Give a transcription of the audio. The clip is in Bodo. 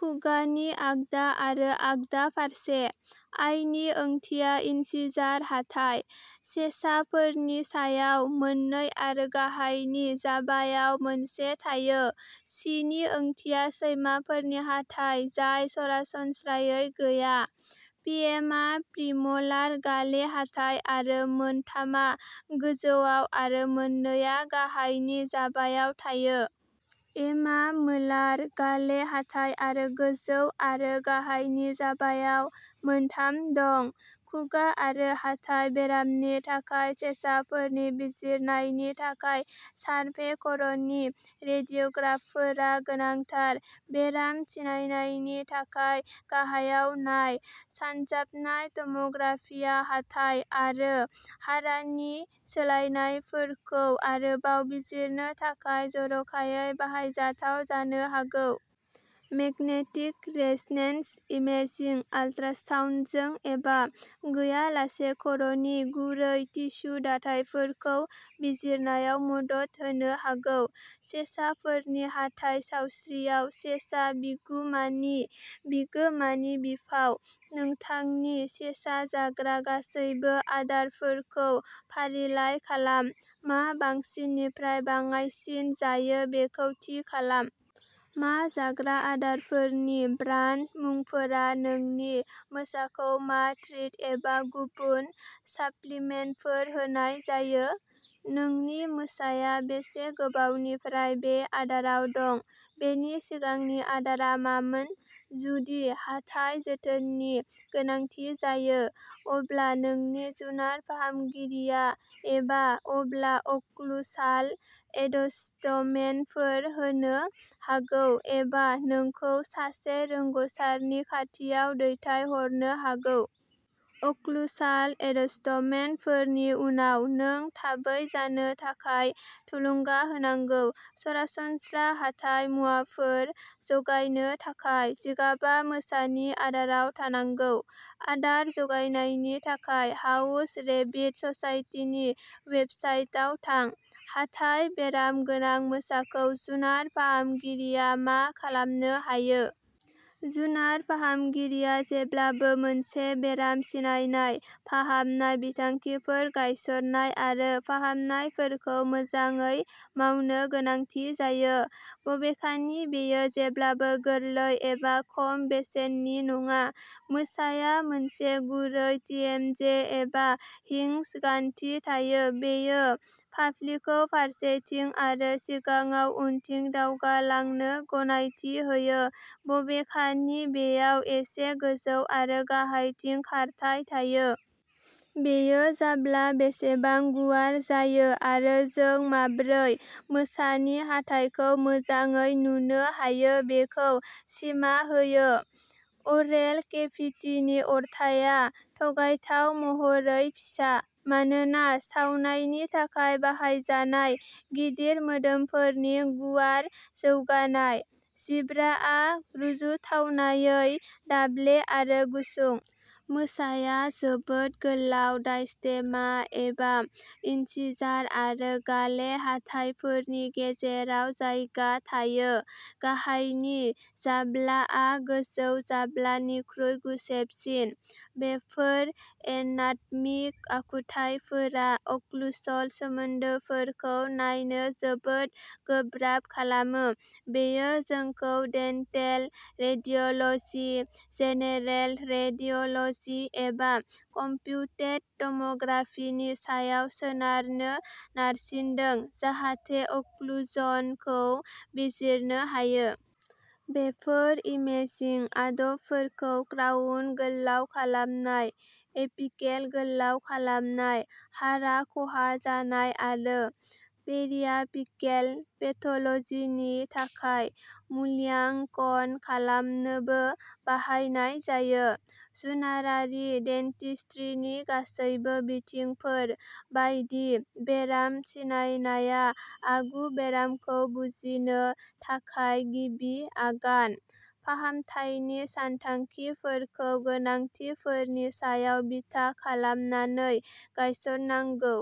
खुगानि आगदा आरो आगदा फारसे। आइ नि ओंथिया इन्सिजार हाथाइ। सेसाफोरनि सायाव मोन नै आरो गाहायनि जाबायाव मोनसे थायो। सि नि ओंथिया सैमाफोरनि हाथाइ जाय सरासनस्रायै गैया। पिएमआ प्रिम'लार गाले हाथाइ आरो मोन थामआ गोजौआव आरो मोन नै आ गाहायनि जाबायाव थायो। एमआ मोलार गाले हाथाइ आरो गोजौ आरो गाहायनि जाबायाव मोन थाम दं। खुगा आरो हाथाइ बेरामनि थाखाय सेसाफोरनि बिजिरनायनि थाखाय सार्भे खर'नि रेडिय'ग्राफफोरा गोनांथार। बेराम सिनायनायनि थाखाय गाहायाव नाय। सानजाबनाय टम'ग्राफिया हाथाइ आरो हारानि सोलायनायफोरखौ आरोबाव बिजिरनो थाखाय जर'खायै बाहायजाथाव जानो हागौ। मेगनेटिक रेज'नेन्स इमेजिं आल्ट्रासाउन्डजों एबा गैयालासे खर'नि गुरै टिस्यु दाथायफोरखौ बिजिरनायाव मदद होनो हागौ। सेसाफोरनि हाथाइ सावस्रियाव सेसा बिगुमानि बिगोमानि बिफाव। नोंथांनि सेसा जाग्रा गासैबो आदारफोरखौ फारिलाइ खालाम; मा बांसिननिफ्राय बाङाइसिन जायो बेखौ थि खालाम। मा जाग्रा आदारफोरनि ब्रान्ड मुंफोरा नोंनि मोसाखौ मा ट्रिट एबा गुबुन साप्लिमेन्टफोर होनाय जायो? नोंनि मोसाया बेसे गोबावनिफ्राय बे आदाराव दं, बेनि सिगांनि आदारआ मामोन? जुदि हाथाइ जोथोननि गोनांथि जायो, अब्ला नोंनि जुनार फाहामगिरिया एबा अब्ला अक्लुसाल एडजस्टमेन्टफोर होनो हागौ एबा नोंखौ सासे रोंग'सारनि खाथियाव दैथायहरनो हागौ। अक्लुसाल एडजस्टमेन्टफोरनि उनाव, नों थाबै जानो थाखाय थुलुंगा होनांगौ। सरासनस्रा हाथाइ मुवाफोर जगायनो थाखाय जिगाबआ मोसानि आदाराव थानांगौ। आदार जगायनायनि थाखाय हाउस रेबिट ससाइटिनि वेबसाइटाव थां। हाथाइ बेराम गोनां मोसाखौ जुनार फाहामगिरिया मा खालामनो हायो? जुनार फाहामगिरिया जेब्लाबो मोनसे बेराम सिनायनाय, फाहामनाय बिथांखिफोर गायसन्नाय आरो फाहामनायफोरखौ मोजाङै मावनो गोनांथि जायो। बबेखानि बेयो जेब्लाबो गोरलै एबा खम बेसेननि नङा। मोसाया मोनसे गुरै टिएमजे एबा "हिंज गान्थि" थायो। बेयो फाफ्लिखौ फारसेथिं आरो सिगाङाव उनथिं दावगालांनो गनायथि होयो, बबेखानि बेयाव एसे गोजौ आरो गाहायथिं खारथाइ थायो। बेयो जाब्ला बेसेबां गुवार जायो आरो जों माब्रै मोसानि हाथाइखौ मोजाङै नुनो हायो बेखौ सिमा होयो। अरेल केभिटिनि अरथाइया थगायथाव महरै फिसा मानोना सावनायनि थाखाय बाहायजानाय गिदिर मोदोमफोरनि गुवार जौगानाय। जिब्राआ रुजुथावनायै दाब्ले आरो गुसुं। मोसाया जोबोद "गोलाव डायस्टेमा" एबा इनसिजार आरो गाले हाथाइफोरनि गेजेराव जायगा थायो। गाहायनि जाब्लाआ गोजौ जाब्ला निख्रुइ गुसेबसिन। बेफोर एनाटमिक आखुथायफोरा अक्लुसल सोमोन्दोफोरखौ नायनो जोबोद गोब्राब खालामो। बेयो जोंखौ डेन्टेल रेडिय'ल'जि, जेनेरेल रेडिय'ल'जि एबा कम्पिउटेड टम'ग्राफि नि सायाव सोनारनो नारसिनदों, जाहाथे अक्लुजनखौ बिजिरनो हायो। बेफोर इमेजिं आदबफोरखौ क्राउन गोलाव खालामनाय, एपिकेल गोलाव खालामनाय, हारा खहा जानाय आरो पेरियापिकेल पेथ'ल'जि नि थाखाय मूल्याङकन खालामनोबो बाहायनाय जायो। जुनारारि डेन्टिस्ट्रिनि गासैबो बिथिंफोर बायदि, बेराम सिनायनाया आगु बेरामखौ बुजिनो थाखाय गिबि आगान। फाहामथायनि सानथांखिफोरखौ गोनांथिफोरनि सायाव बिथा खालामनानै गायसननांगौ।